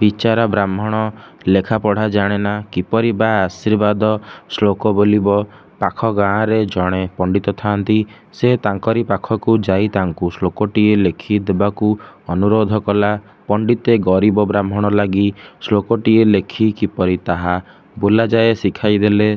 ବିଚାରା ବ୍ରାହ୍ମଣ ଲେଖା ପଢ଼ା ଜାଣେନା। କିପରି ବା ଆଶୀର୍ବାଦ ଶ୍ଳୋକ ବୋଲିବ? ପାଖ ଗାଁରେ ଜଣେ ପଣ୍ଡିତ ଥାନ୍ତି। ସେ ତାଙ୍କରି ପାଖକୁ ଯାଇ ତାଙ୍କୁ ଶ୍ଳୋକଟିଏ ଲେଖି ଦେବାକୁ ଅନୁରୋଧ କଲା। ପଣ୍ଡିତେ ଗରିବ ବ୍ରାହ୍ମଣ ଲାଗି ଶ୍ଳୋକଟିଏ ଲେଖି କିପରି ତାହା ବୋଲାଯାଏ ଶିଖାଇଦେଲେ।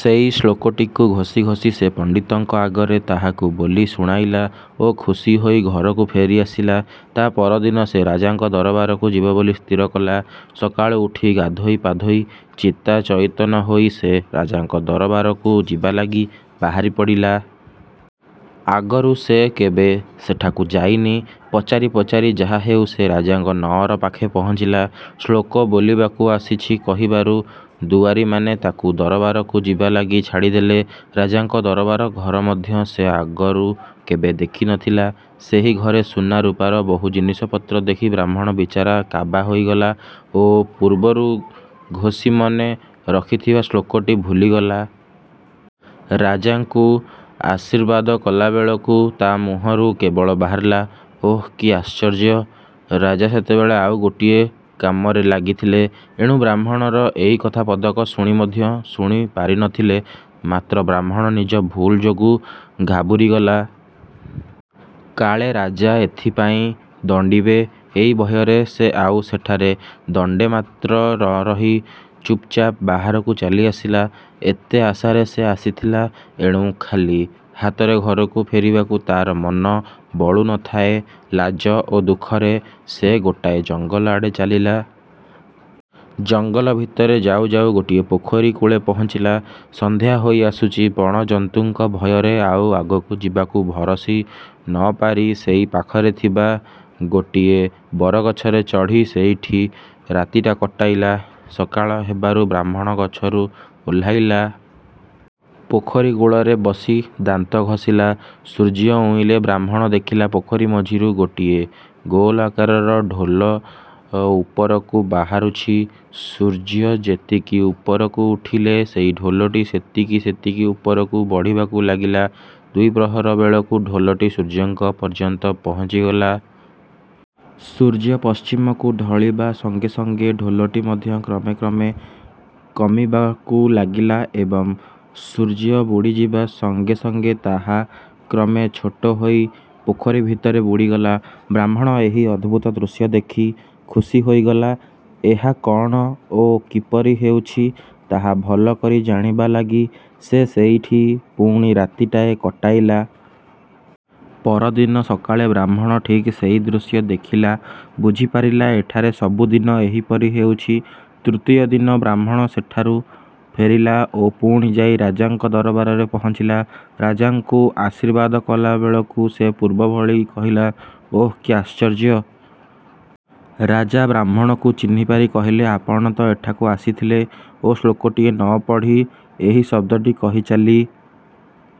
ସେଇ ଶ୍ଳୋକଟିକୁ ଘୋଷି ଘୋଷି ସେ ପଣ୍ଡିତଙ୍କ ଆଗରେ ତାହାକୁ ବୋଲି ଶୁଣାଇଲା ଓ ଖୁସିହୋଇ ଘରକୁ ଫେରି ଆସିଲା। ତା' ପରଦିନ ସେ ରାଜାଙ୍କ ଦରବାରକୁ ଯିବବୋଲି ସ୍ଥିର କଲା। ସକାଳୁ ଉଠି ଗାଧୋଇ ପାଧୋଇ ଚିତା ଚଇତନ ହୋଇ ସେ ରାଜାଙ୍କ ଦରବାରକୁ ଯିବାଲାଗି ବାହାରି ପଡ଼ିଲା। ଆଗରୁ ସେ କେବେ ସେଠାକୁ ଯାଇନି। ପଚାରି ପଚାରି ଯାହାହେଉ ସେ ରାଜାଙ୍କ ନଅର ପାଖେ ପହଞ୍ଚିଲା। ଶ୍ଳୋକ ବୋଲିବାକୁ ଆସିଛି କହିବାରୁ ଦୁଆରୀମାନେ ତାକୁ ଦରବାରକୁ ଯିବାଲାଗି ଛାଡ଼ିଦେଲେ। ରାଜାଙ୍କ ଦରବାର ଘର ମଧ୍ୟ ସେ ଆଗରୁ କେବେ ଦେଖି ନଥିଲା। ସେହି ଘରେ ସୁନା ରୁପାର ବହୁ ଜିନିଷ ପତ୍ର ଦେଖି ବ୍ରାହ୍ମଣ ବିଚାରା କାବା ହୋଇଗଲା ଓ ପୂର୍ବରୁ ଘୋଷି ମନେ ରଖିଥିବା ଶ୍ଳୋକଟି ଭୁଲିଗଲା। ରାଜାଙ୍କୁ ଆଶୀର୍ବାଦ କଲାବେଳକୁ ତା' ମୁହଁରୁ କେବଳ ବାହାରିଲା–'ଓଃ କି ଆଶ୍ଚର୍ଯ୍ୟ! ' ରାଜା ସେତେବେଳେ ଆଉ ଗୋଟିଏ କାମରେ ଲାଗିଥିଲେ। ଏଣୁ ବ୍ରାହ୍ମଣର ଏଇ କଥା ପଦକ ଶୁଣି ମଧ୍ୟ ଶୁଣି ପାରି ନଥିଲେ। ମାତ୍ର ବ୍ରାହ୍ମଣ ନିଜ ଭୁଲ୍ ଯୋଗୁ ଘାବୁରି ଗଲା। କାଳେ ରାଜା ଏଥିପାଇଁ ଦଣ୍ଡିବେ, ଏଇ ଭୟରେ ସେ ଆଉ ସେଠାରେ ଦଣ୍ଡେମାତ୍ର ନରହି ଚୁପ୍ ଚାପ୍ ବାହାରକୁ ଚାଲି ଆସିଲା। ଏତେ ଆଶାରେ ସେ ଆସିଥିଲା। ଏଣୁ ଖାଲି ହାତରେ ଘରକୁ ଫେରିବାକୁ ତା'ର ମନ ବଳୁନଥାଏ। ଲାଜ ଓ ଦୁଃଖରେ ସେ ଗୋଟାଏ ଜଙ୍ଗଲ ଆଡ଼େ ଚାଲିଲା। ଜଙ୍ଗଲ ଭିତରେ ଯାଉ ଯାଉ ଗୋଟିଏ ପୋଖରୀ କୂଳେ ପହଞ୍ଚିଲା। ସଂଧ୍ୟା ହୋଇ ଆସୁଛି, ବଣ ଜନ୍ତୁଙ୍କ ଭୟରେ ଆଉ ଆଗକୁ ଯିବାକୁ ଭରସି ନପାରି ସେଇ ପାଖରେ ଥିବା ଗୋଟିଏ ବରଗଛରେ ଚଢ଼ି ସେଇଠି ରାତିଟା କଟାଇଲା। ସକାଳ ହେବାରୁ ବ୍ରାହ୍ମଣ ଗଛରୁ ଓହ୍ଳାଇଲା। ପୋଖରୀ କୂଳରେ ବସି ଦାନ୍ତ ଘସିଲା। ସୂର୍ଯ୍ୟ ଉଇଁଲେ ବ୍ରାହ୍ମଣ ଦେଖିଲା ପୋଖରୀ ମଝିରୁ ଗୋଟିଏ ଗୋଲ ଆକାରର ଢୋଲ ଉପରକୁ ବାହାରୁଛି। ସୂର୍ଯ୍ୟ ଯେତିକି ଉପରକୁ ଉଠିଲେ ସେଇ ଢୋଲଟି ସେତିକି ସେତିକି ଉପରକୁ ବଢ଼ିବାକୁ ଲାଗିଲା। ଦ୍ୱିପ୍ରହର ବେଳକୁ ଢୋଲଟି ସୂର୍ଯ୍ୟଙ୍କ ପର୍ଯ୍ୟନ୍ତ ପହଞ୍ଚିଗଲା। ସୂର୍ଯ୍ୟ ପଶ୍ଚିମକୁ ଢଳିବା ସଙ୍ଗେ ସଙ୍ଗେ ଢୋଲଟି ମଧ୍ୟ କ୍ରମେ କ୍ରମେ କମିବାକୁ ଲାଗିଲା ଏବଂ ସୂର୍ଯ୍ୟ ବୁଡ଼ିଯିବା ସଙ୍ଗେ ସଙ୍ଗେ ତାହା କ୍ରମେ ଛୋଟହୋଇ ପୋଖରୀ ପାଣିରେ ବୁଡ଼ିଗଲା। ବ୍ରାହ୍ମଣ ଏହି ଅଦ୍ଭୁତ ଦୃଶ୍ୟ ଦେଖି ଖୁସି ହୋଇଗଲା। ଏହା କ'ଣ ଓ କିପରି ହେଉଛି ତାହା ଭଲ କରି ଜାଣିବା ଲାଗି ସେ ସେଇଠି ପୁଣି ରାତିଟାଏ କଟାଇଲା। ପରଦିନ ସକାଳେ ବ୍ରାହ୍ମଣ ଠିକ୍ ସେଇ ଦୃଶ୍ୟ ଦେଖିଲା। ବୁଝିପାରିଲା, ଏଠାରେ ସବୁଦିନ ଏହିପରି ହେଉଛି।। ତୃତୀୟ ଦିନ ବ୍ରାହ୍ମଣ ସେଠାରୁ ଫେରିଲା ଓ ପୁଣି ଯାଇ ରାଜାଙ୍କ ଦରବାରରେ ପହଞ୍ଚିଲା। ରାଜାଙ୍କୁ ଆଶୀର୍ବାଦ କଲା ବେଳକୁ ସେ ପୂର୍ବ ଭଳି କହିଲା–'ଓଃ କି ଆଶ୍ଚର୍ଯ୍ୟ'। ରାଜା ବ୍ରାହ୍ମଣକୁ ଚିହ୍ନିପାରି କହିଲେ– ''ଆପଣ ତ ଏଠାକୁ ଆସିଥିଲେ ଓ ଶ୍ଳୋକଟିଏ ନ ପଢ଼ି ଏହି ଶବ୍ଦଟି କହି ଚାଲି